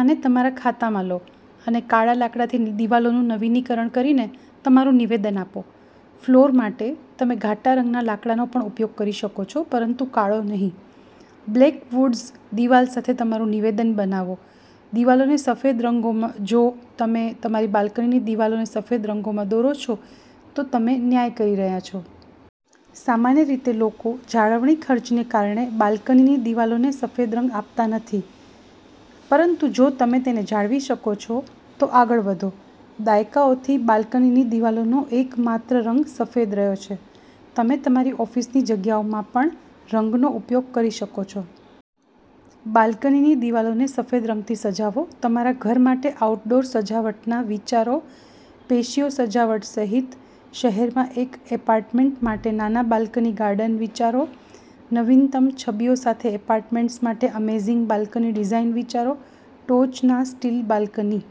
આને તમારા ખાતામાં લો અને કાળા લાકડાથી દિવાલોનું નવીનીકરણ કરીને તમારું નિવેદન આપો. ફ્લોર માટે, તમે ઘાટા રંગના લાકડાનો પણ ઉપયોગ કરી શકો છો, પરંતુ કાળો નહીં. બ્લેક વૂડ્સ દિવાલ સાથે તમારું નિવેદન બનાવો દિવાલોને સફેદ રંગમાં રંગો જો તમે તમારી બાલ્કનીની દિવાલોને સફેદ રંગમાં દોરો છો, તો તમે ન્યાય કરી રહ્યાં છો. સામાન્ય રીતે, લોકો જાળવણી ખર્ચને કારણે બાલ્કનીની દિવાલોને સફેદ રંગ આપતા નથી, પરંતુ જો તમે તેને જાળવી શકો છો, તો આગળ વધો. દાયકાઓથી બાલ્કનીની દિવાલોનો એકમાત્ર રંગ સફેદ રહ્યો છે. તમે તમારી ઓફિસની જગ્યાઓમાં પણરંગનો ઉપયોગ કરી શકો છો. બાલ્કનીની દિવાલોને સફેદ રંગથી સજાવો તમારા ઘર માટે આઉટડોર સજાવટના વિચારોપેશિયો સજાવટ સહિત, શહેરમાં એક એપાર્ટમેન્ટ માટે નાના બાલ્કની ગાર્ડન વિચારો, નવીનતમ છબીઓ સાથે એપાર્ટમેન્ટ્સ માટે અમેઝિંગ બાલ્કની ડિઝાઇન વિચારો, ટોચના સ્ટીલ બાલ્કની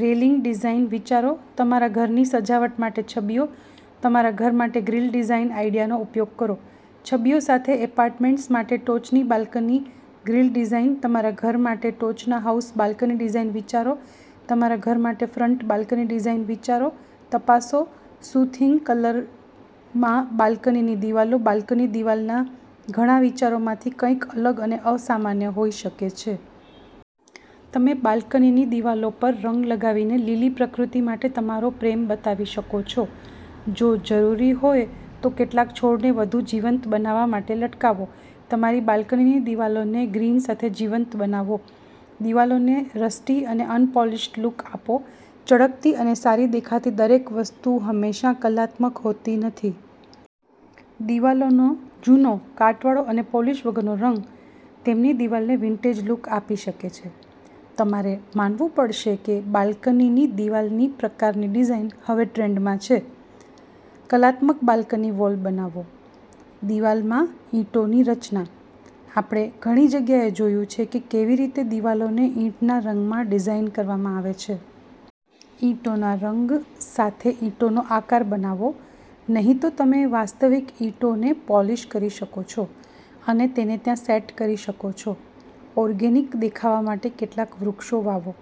રેલિંગ ડિઝાઇન વિચારોતમારા ઘરની સજાવટ માટે છબીઓ, તમારા ઘર માટેગ્રીલ ડિઝાઇન આઇડિયાનો ઉપયોગ કરો, છબીઓ સાથે એપાર્ટમેન્ટ્સ માટે ટોચની બાલ્કની ગ્રીલ ડિઝાઇન, તમારા ઘર માટે ટોચના હાઉસ બાલ્કની ડિઝાઇન વિચારો, તમારા ઘર માટેફ્રન્ટ બાલ્કની ડિઝાઇન વિચારો તપાસો, સુથિંગ ગ્રીન કલરમાં બાલ્કનીની દિવાલો બાલ્કની દિવાલના ઘણા વિચારોમાંથીકંઈક અલગ અને અસામાન્ય હોઈ શકે છે. તમે બાલ્કનીની દિવાલો પરરંગ લગાવીને લીલી પ્રકૃતિ માટે તમારો પ્રેમ બતાવી શકો છો. જો જરૂરી હોય તો કેટલાક છોડને વધુ જીવંત બનાવવા માટે લટકાવો. તમારી બાલ્કનીની દિવાલોને ગ્રીન સાથે જીવંત બનાવો દિવાલોને રસ્ટી અને અનપોલિશ્ડ લુક આપો ચળકતી અને સારી દેખાતી દરેક વસ્તુ હંમેશા કલાત્મક હોતી નથી. દિવાલોનો જૂનો કાટવાળો અને પોલીશ વગરનો રંગ તેમની દિવાલને વિન્ટેજ લુક આપી શકે છે. તમારે માનવું પડશે કે બાલ્કનીની દિવાલનીપ્રકારની ડિઝાઇન હવે ટ્રેન્ડમાં છે. કલાત્મક બાલ્કની વોલ બનાવો દિવાલમાં ઇંટોની રચના આપણે ઘણી જગ્યાએ જોયું છે કે કેવી રીતે દિવાલોને ઈંટના રંગમાં ડિઝાઇન કરવામાં આવે છે. ઇંટોના રંગ સાથે ઇંટોનો આકાર બનાવો, નહીં તો તમે વાસ્તવિક ઇંટોને પોલિશ કરી શકો છો અને તેને ત્યાં સેટ કરી શકો છો. ઓર્ગેનિક દેખાવા માટે કેટલાક વૃક્ષો વાવો.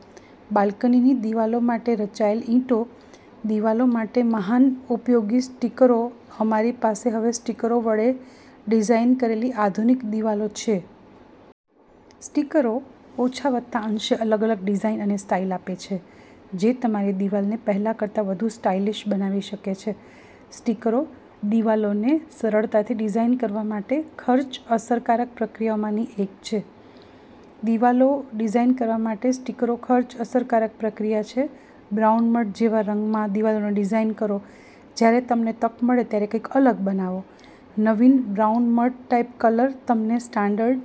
બાલ્કનીની દિવાલો માટે રચાયેલ ઇંટો દિવાલો માટે મહાન ઉપયોગી સ્ટીકરો અમારી પાસે હવે સ્ટીકરો વડે ડિઝાઇન કરેલી આધુનિક દિવાલો છે. સ્ટીકરો ઓછાવત્તા અંશે અલગ અલગ ડિઝાઈન અને સ્ટાઈલ આપે છે, જે તમારી દિવાલને પહેલા કરતા વધુ સ્ટાઇલિશ બનાવી શકે છે. સ્ટીકરોદિવાલોને સરળતાથી ડિઝાઇન કરવા માટે ખર્ચ-અસરકારક પ્રક્રિયાઓમાંની એક છે. દિવાલો ડિઝાઇન કરવા માટે સ્ટીકરો ખર્ચ-અસરકારક પ્રક્રિયા છે બ્રાઉન મડ-જેવા રંગમાં દિવાલો ડિઝાઇન કરો જ્યારે તમને તક મળે ત્યારે કંઈક અલગ બનાવો. નવીન બ્રાઉન મડ-ટાઈપ કલર તમને સ્ટાન્ડર્ડ